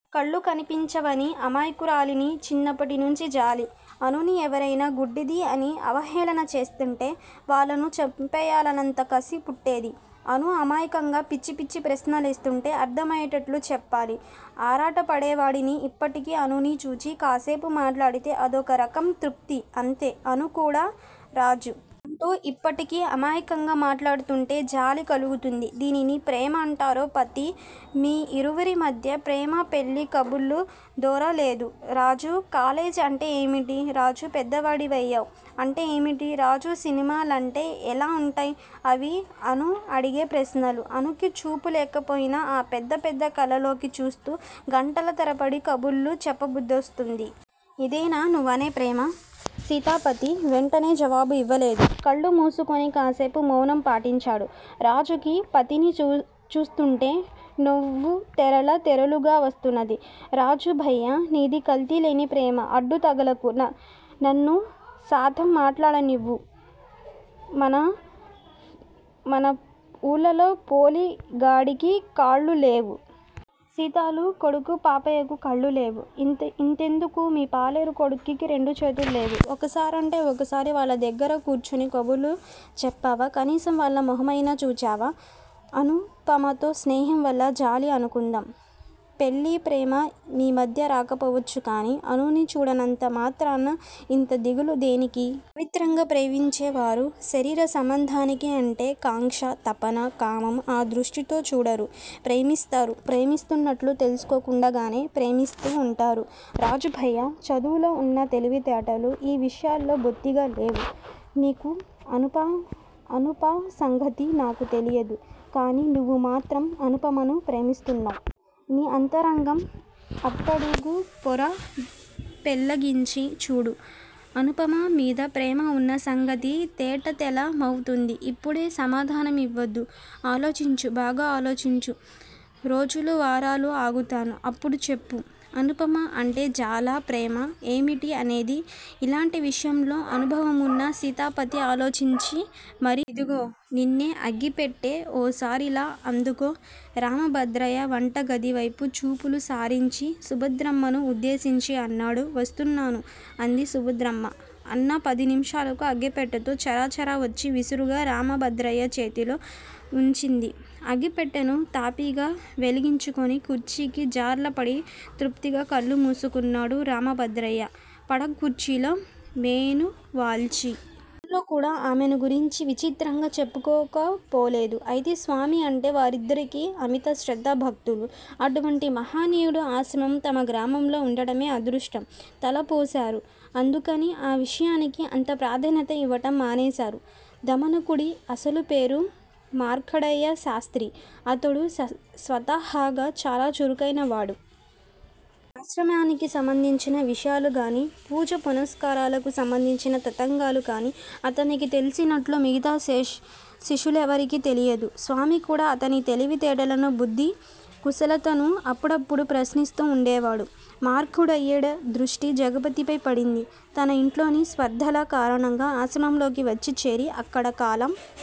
కళ్లు కనిపంచవని అమాయకురాలని, చిన్నప్పటి నుంచీ జాలి. అనూని ఎవరైనా గుడ్డిది అని అవహేళన చేస్తుంటే, వాళ్ళను చంపెయ్యాలన్నంత కసి పుట్టేది. అనూ అమాయకంగా పిచ్చి పిచ్చి ప్రశ్నలేస్తుంటే అర్థమయ్యేటట్లు చెప్పాలి ఆరాటపడేవాడని. ఇప్పటికీ అనూని చూచి కాసేపు మాట్లాడితే అదోక రకం తృప్తి అంతే, అనూ కూడ రాజూ! అంటూ ఇప్పటికీ అమాయకంగా మాట్లాడుతుంటే జాలి కలుగుతుంది దీనినీ ప్రేమ అంటారా పతీ? మీ ఇరువురి మధ్య ప్రేమా, పెళ్లి కబుర్లు దొర్లలేదు. రాజూ! కాలేజీ అంటే ఏమటి? రాజూ! పెద్దవాడివయ్యావా? అంటే ఏమిటి? రాజూ సినిమా లంటె ఎలా ఉంటాయి? ఇవీ అనూ అడిగే ప్రశ్నలు, అనూకి చూపు లేకపోయినా ఆ పెద్ద పెద్ద కళ్లల్లోకి చూస్తు గంటల తరబడి కబుర్లు చెప్పబుద్దేస్తుంది. ఇదేనా నీవనే ప్రేమ? సీతాపతి వెంటనే జవాబు ఇవ్వలేదు. కళ్ళుమూసుకుని కాసేపు మౌనం పాటించాడు. రాజుకి పతిని చూస్తుంటే నవ్వు తెరలు తెరలుగా వస్తున్నది. రాజూ భయ్యా! నీది కల్తీలేని ప్రేమ, అడ్డు తగలకు, నన్ను సాంతం మాట్లాడనివ్వు, మన వూళ్ళో పోలి గాడికి కాళ్ళు లేవు. సీతాలు కొడుకు పాపయ్యకు కళ్ళు లేవు. ఇంతెందుకు మీ పాలేరు కొడుక్కి రెండు చేతులు లేవు. ఒక్కసారంటే ఒక్కసారి వాళ్ళ దగ్గర కూర్చుని కబుర్లు చెప్పావా? కనీసం వాళ్ళ మొహమయినా చూచావా? అనుపమతో స్నేహం వల్ల జాలి అనుకుందాం, పెళ్ళి ప్రేమ మీ మధ్య రాకపోవచ్చు కానీ అనూని చూడనంత మాత్రాన ఇంత దిగులు దేనికి? పవిత్రంగా ప్రేమించేవారు శరీర సంబంధానికి అంటే కాంక్ష, తపన. కామము ఆ దృష్టితో చూడరు. ప్రేమిస్తారు, ప్రేమిస్తున్నట్లు తెలుసుకోకుండానే ప్రేమిస్తూ వుంటారు రాజూ భయ్యా! చదవులో వున్న తెలివితేటలు ఈ విషయాల్లో బొత్తిగా లేవు నీకు అనుప సంగతి నాకు తెలియదు కాని, నీవు మాత్రం అనుపమని ప్రేమిస్తున్నావు. నీ అంతరంగం అట్టడుగుపొర పెళ్ళగించి చూడు. అనుపమ మీద ప్రేమ వున్న సంగతి తేటతెల్లమవుతుంది. ఇప్పుడే సమాధాన మివ్వవద్దు. ఆలోచించు బాగా ఆలోచించు. రోజూలు, వారాలు ఆగుతాను, అప్పుడు చెప్పు. అనుపమ అంటే జాలా? ప్రేమా? ఏమిటీ అన్నది! ఇలాంటి విషయాలలో అనుభవమున్న సీతాపతి ఆలోచించి మరీ. ఇదిగో నిన్నే! అగ్గిపెట్టె ఓసారిలా అందుకో. రామభద్రయ్య వంటగది వైపు చూపులు సారించి సుభద్రమ్మనుద్దేశించి అన్నాడు. వస్తున్నాను అంది సుభద్రమ్మ. అన్న పదినిమిషాలకు అగ్గిపెట్టెతో చర చర వచ్చి విసురుగా రామభద్రయ్య చేతిలో వుంచింది అగ్గి పెట్టెను. తాపీగా వెలిగించుకుని కుర్చీకి జార్ల పడి తృప్తిగా కళ్ళు మూసుకున్నాడు రామభద్రయ్య పడకూర్చీలో మేనువాల్చి. ఊళ్ళో కూడా ఆమెను గురించి విచిత్రంగా చెప్పుకోకపోలేదు. అయితే స్వామి అంటే వారిద్దరికీ అమిత శ్రద్ధా భక్తులు. అటువంటి మహనీయుడి ఆశ్రమం తమ గ్రామంలో వుండటమే అదృష్టంగా తలపోశారు. అందుకని ఆ విషయానికి అంత ప్రాధాన్యత యివ్వటం మానేశారు. దమనకుడి అసలుపేరు మార్కండేయశాస్త్రి. అతడు స్వతహాగా చాలా చురుకైనవాడు. ఆశ్రమానికి సంబంధించిన విషయాలుగానీ, పూజా పునస్కారాలకు సబంధించిన తతంగాలు కానీ అతనికి తెలిసినట్లు మిగతా శిష్యులెవరికీ తెలియదు. స్వామికూడా అతని తెలివి తేటలనూ, బుద్ధి కుశలతనూ అప్పుడప్పుడు ప్రశ్నిస్తూ వుండేవారు. మార్కండేయుడి దృష్టి జగతిపై పడింది. తను యింట్లోని స్పర్థల కారణంగా ఆశ్రమంలోకి వచ్చి చేరి ఇక్కడ కాలం